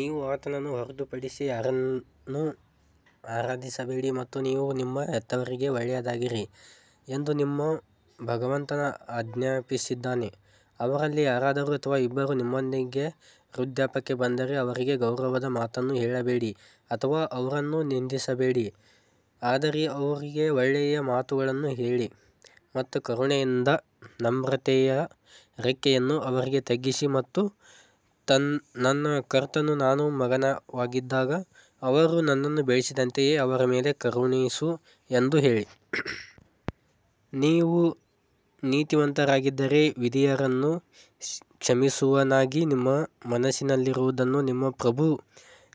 ನೀವು ಆತನನ್ನು ಹೊರತುಪಡಿಸಿ ಯಾರನ್ನೂ ಆರಾಧಿಸಬೇಡಿ ಮತ್ತು ನೀವು ನಿಮ್ಮ ಹೆತ್ತವರಿಗೆ ಒಳ್ಳೆಯವರಾಗಿರಿ ಎಂದು ನಿಮ್ಮ ಭಗವಂತ ಆಜ್ಞಾಪಿಸಿದ್ದಾನೆ, ಅವರಲ್ಲಿ ಯಾರಾದರೂ ಅಥವಾ ಇಬ್ಬರೂ ನಿಮ್ಮೊಂದಿಗೆ ವೃದ್ಧಾಪ್ಯಕ್ಕೆ ಬಂದರೆ ಅವರಿಗೆ ಅಗೌರವದ ಮಾತನ್ನು ಹೇಳಬೇಡಿ ಅಥವಾ ಅವರನ್ನು ನಿಂದಿಸಬೇಡಿ ಆದರೆ ಅವರಿಗೆ ಒಳ್ಳೆಯ ಮಾತುಗಳನ್ನು ಹೇಳಿ ಮತ್ತು ಕರುಣೆಯಿಂದ ನಮ್ರತೆಯ ರೆಕ್ಕೆಯನ್ನು ಅವರಿಗೆ ತಗ್ಗಿಸಿ ಮತ್ತು ನನ್ನ ಕರ್ತನು ನಾನು ಮಗುವಾಗಿದ್ದಾಗ ಅವರು ನನ್ನನ್ನು ಬೆಳೆಸಿದಂತೆಯೇ ಅವರ ಮೇಲೆ ಕರುಣಿಸು ಎಂದು ಹೇಳಿ. ನೀವು ನೀತಿವಂತರಾಗಿದ್ದರೆ ವಿಧೇಯರನ್ನು ಕ್ಷಮಿಸುವವನಾಗಿ ನಿಮ್ಮ ಮನಸ್ಸಿನಲ್ಲಿರುವದನ್ನು ನಿಮ್ಮ ಪ್ರಭು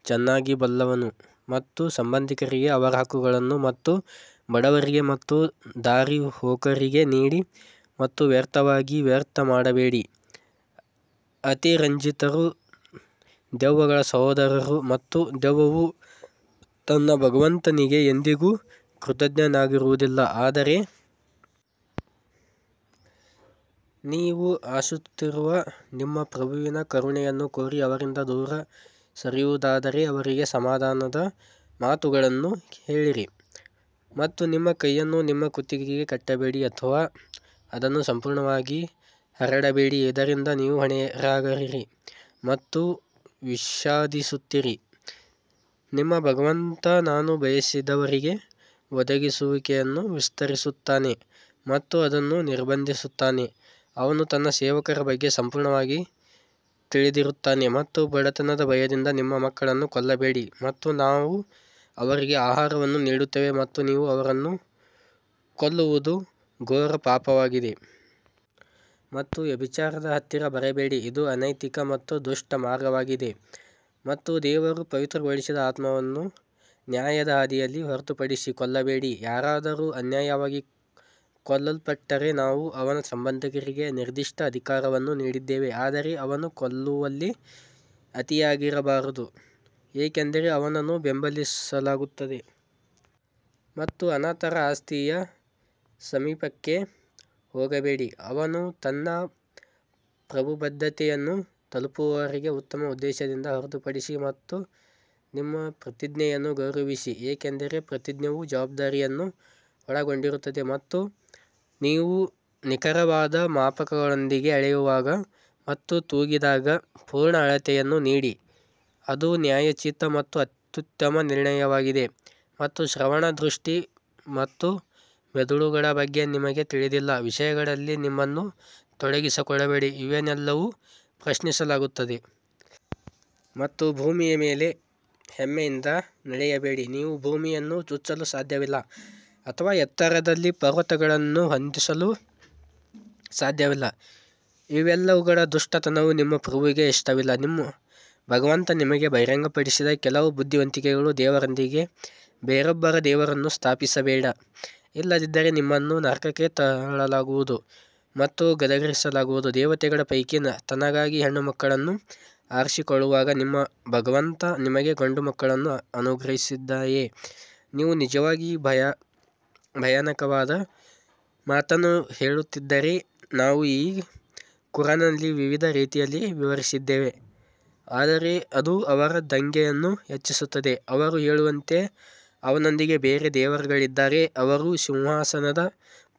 ಚೆನ್ನಾಗಿ ಬಲ್ಲನು ಮತ್ತು ಸಂಬಂಧಿಕರಿಗೆ ಅವರ ಹಕ್ಕುಗಳನ್ನು ಮತ್ತು ಬಡವರಿಗೆ ಮತ್ತು ದಾರಿಹೋಕರಿಗೆ ನೀಡಿ ಮತ್ತು ವ್ಯರ್ಥವಾಗಿ ವ್ಯರ್ಥ ಮಾಡಬೇಡಿ ಅತಿರಂಜಿತರು ದೆವ್ವಗಳ ಸಹೋದರರು ಮತ್ತು ದೆವ್ವವು ತನ್ನ ಭಗವಂತನಿಗೆ ಎಂದಿಗೂ ಕೃತಜ್ಞನಾಗಿರುವುದಿಲ್ಲ ಆದರೆ ನೀವು ಆಶಿಸುತ್ತಿರುವ ನಿಮ್ಮ ಪ್ರಭುವಿನ ಕರುಣೆಯನ್ನು ಕೋರಿ ಅವರಿಂದ ದೂರ ಸರಿಯುವುದಾದರೆ ಅವರಿಗೆ ಸಮಾಧಾನದ ಮಾತುಗಳನ್ನು ಹೇಳಿರಿ ಮತ್ತು ನಿಮ್ಮ ಕೈಯನ್ನು ನಿಮ್ಮ ಕುತ್ತಿಗೆಗೆ ಕಟ್ಟಬೇಡಿ ಅಥವಾ ಅದನ್ನು ಸಂಪೂರ್ಣವಾಗಿ ಹರಡಬೇಡಿ ಇದರಿಂದ ನೀವು ಹೊಣೆಗಾರರಾಗಿ ಮತ್ತು ವಿಷಾದಿಸುತ್ತೀರಿ ನಿಮ್ಮ ಭಗವಂತ ತಾನು ಬಯಸಿದವರಿಗೆ ಒದಗಿಸುವಿಕೆಯನ್ನು ವಿಸ್ತರಿಸುತ್ತಾನೆ ಮತ್ತು ಅದನ್ನು ನಿರ್ಬಂಧಿಸುತ್ತಾನೆ ಅವನು ತನ್ನ ಸೇವಕರ ಬಗ್ಗೆ ಸಂಪೂರ್ಣವಾಗಿ ತಿಳಿದಿರುತ್ತಾನೆ ಮತ್ತು ಬಡತನದ ಭಯದಿಂದ ನಿಮ್ಮ ಮಕ್ಕಳನ್ನು ಕೊಲ್ಲಬೇಡಿ ಮತ್ತು ನಾವು ಅವರಿಗೆ ಆಹಾರವನ್ನು ನೀಡುತ್ತೇವೆ ಮತ್ತು ನೀವು ಅವರನ್ನು ಕೊಲ್ಲುವುದು ಘೋರ ಪಾಪವಾಗಿದೆ. ಮತ್ತು ವ್ಯಭಿಚಾರದ ಹತ್ತಿರ ಬರಬೇಡಿ ಇದು ಅನೈತಿಕ ಮತ್ತು ದುಷ್ಟ ಮಾರ್ಗವಾಗಿದೆ ಮತ್ತು ದೇವರು ಪವಿತ್ರಗೊಳಿಸಿದ ಆತ್ಮವನ್ನು ನ್ಯಾಯದ ಹಾದಿಯಲ್ಲಿ ಹೊರತುಪಡಿಸಿ ಕೊಲ್ಲಬೇಡಿ, ಯಾರಾದರೂ ಅನ್ಯಾಯವಾಗಿ ಕೊಲ್ಲಲ್ಪಟ್ಟರೆ ನಾವು ಅವನ ಸಂಬಂಧಿಕರಿಗೆ ನಿರ್ದಿಷ್ಟ ಅಧಿಕಾರವನ್ನು ನೀಡಿದ್ದೇವೆ ಆದರೆ ಅವನು ಕೊಲ್ಲುವಲ್ಲಿ ಅತಿಯಾಗಬಾರದು ಏಕೆಂದರೆ ಅವನನ್ನು ಬೆಂಬಲಿಸಲಾಗುತ್ತದೆ. ಮತ್ತು ಅನಾಥರ ಆಸ್ತಿಯ ಸಮೀಪಕ್ಕೆ ಹೋಗಬೇಡಿ, ಅವನು ತನ್ನ ಪ್ರಬುದ್ಧತೆಯನ್ನು ತಲುಪುವವರೆಗೆ ಉತ್ತಮ ಉದ್ದೇಶದಿಂದ ಹೊರತುಪಡಿಸಿ ಮತ್ತು ನಿಮ್ಮ ಪ್ರತಿಜ್ಞೆಯನ್ನು ಗೌರವಿಸಿ ಏಕೆಂದರೆ ಪ್ರತಿಜ್ಞೆಯು ಜವಾಬ್ದಾರಿಯನ್ನು ಒಳಗೊಂಡಿರುತ್ತದೆ ಮತ್ತು ನೀವು ನಿಖರವಾದ ಮಾಪಕಗಳೊಂದಿಗೆ ಅಳೆಯುವಾಗ ಮತ್ತು ತೂಗಿದಾಗ ಪೂರ್ಣ ಅಳತೆಯನ್ನು ನೀಡಿ ಅದು ನ್ಯಾಯೋಚಿತ ಮತ್ತು ಅತ್ಯುತ್ತಮ ನಿರ್ಣಯವಾಗಿದೆ ಮತ್ತು ಶ್ರವಣ, ದೃಷ್ಟಿ ಮತ್ತು ಮಿದುಳುಗಳ ಬಗ್ಗೆ ನಿಮಗೆ ತಿಳಿದಿಲ್ಲದ ವಿಷಯಗಳಲ್ಲಿ ನಿಮ್ಮನ್ನು ತೊಡಗಿಸಿಕೊಳ್ಳಬೇಡಿ, ಇವೆಲ್ಲವನ್ನೂ ಪ್ರಶ್ನಿಸಲಾಗುತ್ತದೆ. ಮತ್ತು ಭೂಮಿಯ ಮೇಲೆ ಹೆಮ್ಮೆಯಿಂದ ನಡೆಯಬೇಡಿ ನೀವು ಭೂಮಿಯನ್ನು ಚುಚ್ಚಲು ಸಾಧ್ಯವಿಲ್ಲ ಅಥವಾ ಎತ್ತರದಲ್ಲಿ ಪರ್ವತಗಳನ್ನು ಹೊಂದಿಸಲು ಸಾಧ್ಯವಿಲ್ಲ ಇವೆಲ್ಲವುಗಳ ದುಷ್ಟತನವು ನಿನ್ನ ಪ್ರಭುವಿಗೆ ಇಷ್ಟವಿಲ್ಲ ನಿಮ್ಮ ಭಗವಂತ ನಿಮಗೆ ಬಹಿರಂಗಪಡಿಸಿದ ಕೆಲವು ಬುದ್ಧಿವಂತಿಕೆಗಳು ದೇವರೊಂದಿಗೆ ಬೇರೊಬ್ಬ ದೇವರನ್ನು ಸ್ಥಾಪಿಸಬೇಡಿ ಇಲ್ಲದಿದ್ದರೆ ನಿಮ್ಮನ್ನು ನರಕಕ್ಕೆ ತಳ್ಳಲಾಗುವುದು ಮತ್ತು ಗದರಿಸಲಾಗುವುದು ದೇವತೆಗಳ ಪೈಕಿ ತನಗಾಗಿ ಹೆಣ್ಣುಮಕ್ಕಳನ್ನು ಆರಿಸಿಕೊಳ್ಳುವಾಗ ನಿಮ್ಮ ಭಗವಂತ ನಿಮಗೆ ಗಂಡುಮಕ್ಕಳನ್ನು ಅನುಗ್ರಹಿಸಿದ್ದಾನೆಯೇ, ನೀವು ನಿಜವಾಗಿಯೂ ಭಯಾನಕವಾದ ಮಾತನ್ನು ಹೇಳುತ್ತಿದ್ದೀರಿ ನಾವು ಈ ಕುರಾನ್ನಲ್ಲಿ ವಿವಿಧ ರೀತಿಯಲ್ಲಿ ವಿವರಿಸಿದ್ದೇವೆ, ಆದರೆ ಅದು ಅವರ ದಂಗೆಯನ್ನು ಹೆಚ್ಚಿಸುತ್ತದೆ ಅವರು ಹೇಳುವಂತೆ ಅವನೊಂದಿಗೆ ಬೇರೆ ದೇವರುಗಳಿದ್ದರೆ ಅವರು ಸಿಂಹಾಸನದ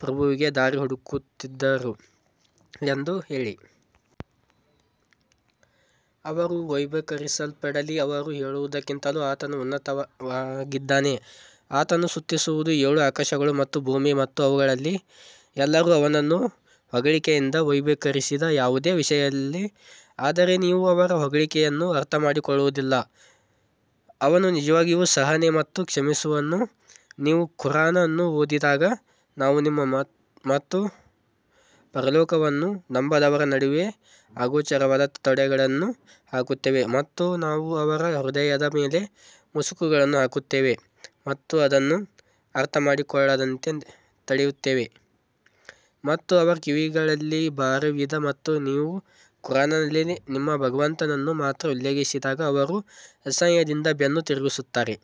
ಪ್ರಭುವಿಗೆ ದಾರಿ ಹುಡುಕುತ್ತಿದ್ದರು ಎಂದು ಹೇಳಿ. ಅವರು ವೈಭವೀಕರಿಸಲ್ಪಡಲಿ, ಅವರು ಹೇಳುವುದಕ್ಕಿಂತಲೂ ಆತನು ಉನ್ನತನಾಗಿದ್ದಾನೆ ಆತನನ್ನು ಸ್ತುತಿಸುವುದು ಏಳು ಆಕಾಶಗಳು ಮತ್ತು ಭೂಮಿ ಮತ್ತು ಅವುಗಳಲ್ಲಿ ಎಲ್ಲರೂ ಅವನನ್ನು ಹೊಗಳಿಕೆಯಿಂದ ವೈಭವೀಕರಿಸದ ಯಾವುದೇ ವಿಷಯವಿಲ್ಲ ಆದರೆ ನೀವು ಅವರ ಹೊಗಳಿಕೆಯನ್ನು ಅರ್ಥಮಾಡಿಕೊಳ್ಳುವುದಿಲ್ಲ ಅವನು ನಿಜವಾಗಿಯೂ ಸಹನೆ ಮತ್ತು ಕ್ಷಮಿಸುವನು ನೀವು ಖುರಾನ್ ಅನ್ನು ಓದಿದಾಗ ನಾವು ನಿಮ್ಮ ಮತ್ತು ಪರಲೋಕವನ್ನು ನಂಬದವರ ನಡುವೆ ಅಗೋಚರವಾದ ತಡೆಗೋಡೆಯನ್ನು ಹಾಕುತ್ತೇವೆ ಮತ್ತು ನಾವು ಅವರ ಹೃದಯದ ಮೇಲೆ ಮುಸುಕುಗಳನ್ನು ಹಾಕುತ್ತೇವೆ ಮತ್ತು ಅದನ್ನು ಅರ್ಥಮಾಡಿಕೊಳ್ಳದಂತೆ ತಡೆಯುತ್ತೇವೆ ಮತ್ತು ಅವರ ಕಿವಿಗಳಲ್ಲಿ ಭಾರವಿದೆ ಮತ್ತು ನೀವು ಕುರಾನ್ನಲ್ಲಿ ನಿಮ್ಮ ಭಗವಂತನನ್ನು ಮಾತ್ರ ಉಲ್ಲೇಖಿಸಿದಾಗ ಅವರು ಅಸಹ್ಯದಿಂದ ಬೆನ್ನು ತಿರುಗಿಸುತ್ತಾರೆ.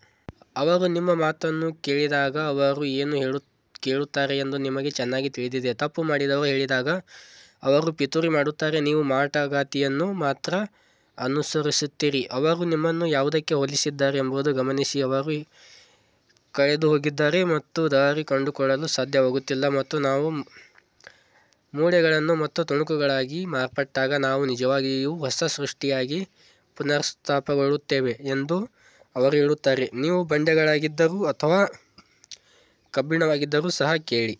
ಅವರು ನಿಮ್ಮ ಮಾತನ್ನು ಕೇಳಿದಾಗ ಅವರು ಏನು ಕೇಳುತ್ತಾರೆ ಎಂದು ನಮಗೆ ಚೆನ್ನಾಗಿ ತಿಳಿದಿದೆ, ತಪ್ಪು ಮಾಡಿದವರು ಹೇಳಿದಾಗ ಅವರು ಪಿತೂರಿ ಮಾಡುತ್ತಾರೆ, ನೀವು ಮಾಟಗಾತಿಯನ್ನು ಮಾತ್ರ ಅನುಸರಿಸುತ್ತೀರಿ ಅವರು ನಿಮ್ಮನ್ನು ಯಾವುದಕ್ಕೆ ಹೋಲಿಸಿದ್ದಾರೆ ಎಂಬುದನ್ನು ಗಮನಿಸಿ ಅವರು ಕಳೆದುಹೋಗಿದ್ದಾರೆ ಮತ್ತು ದಾರಿ ಕಂಡುಕೊಳ್ಳಲು ಸಾಧ್ಯವಾಗುತ್ತಿಲ್ಲ ಮತ್ತು ನಾವು ಮೂಳೆಗಳು ಮತ್ತು ತುಣುಕುಗಳಾಗಿ ಮಾರ್ಪಟ್ಟಾಗ ನಾವು ನಿಜವಾಗಿಯೂ ಹೊಸ ಸೃಷ್ಟಿಯಾಗಿ ಪುನರುತ್ಥಾನಗೊಳ್ಳುತ್ತೇವೆ ಎಂದು ಅವರು ಹೇಳುತ್ತಾರೆ ನೀವು ಬಂಡೆಗಳಾಗಿದ್ದರೂ ಅಥವಾ ಕಬ್ಬಿಣವಾಗಿದ್ದರೂ ಸಹ ಹೇಳಿ.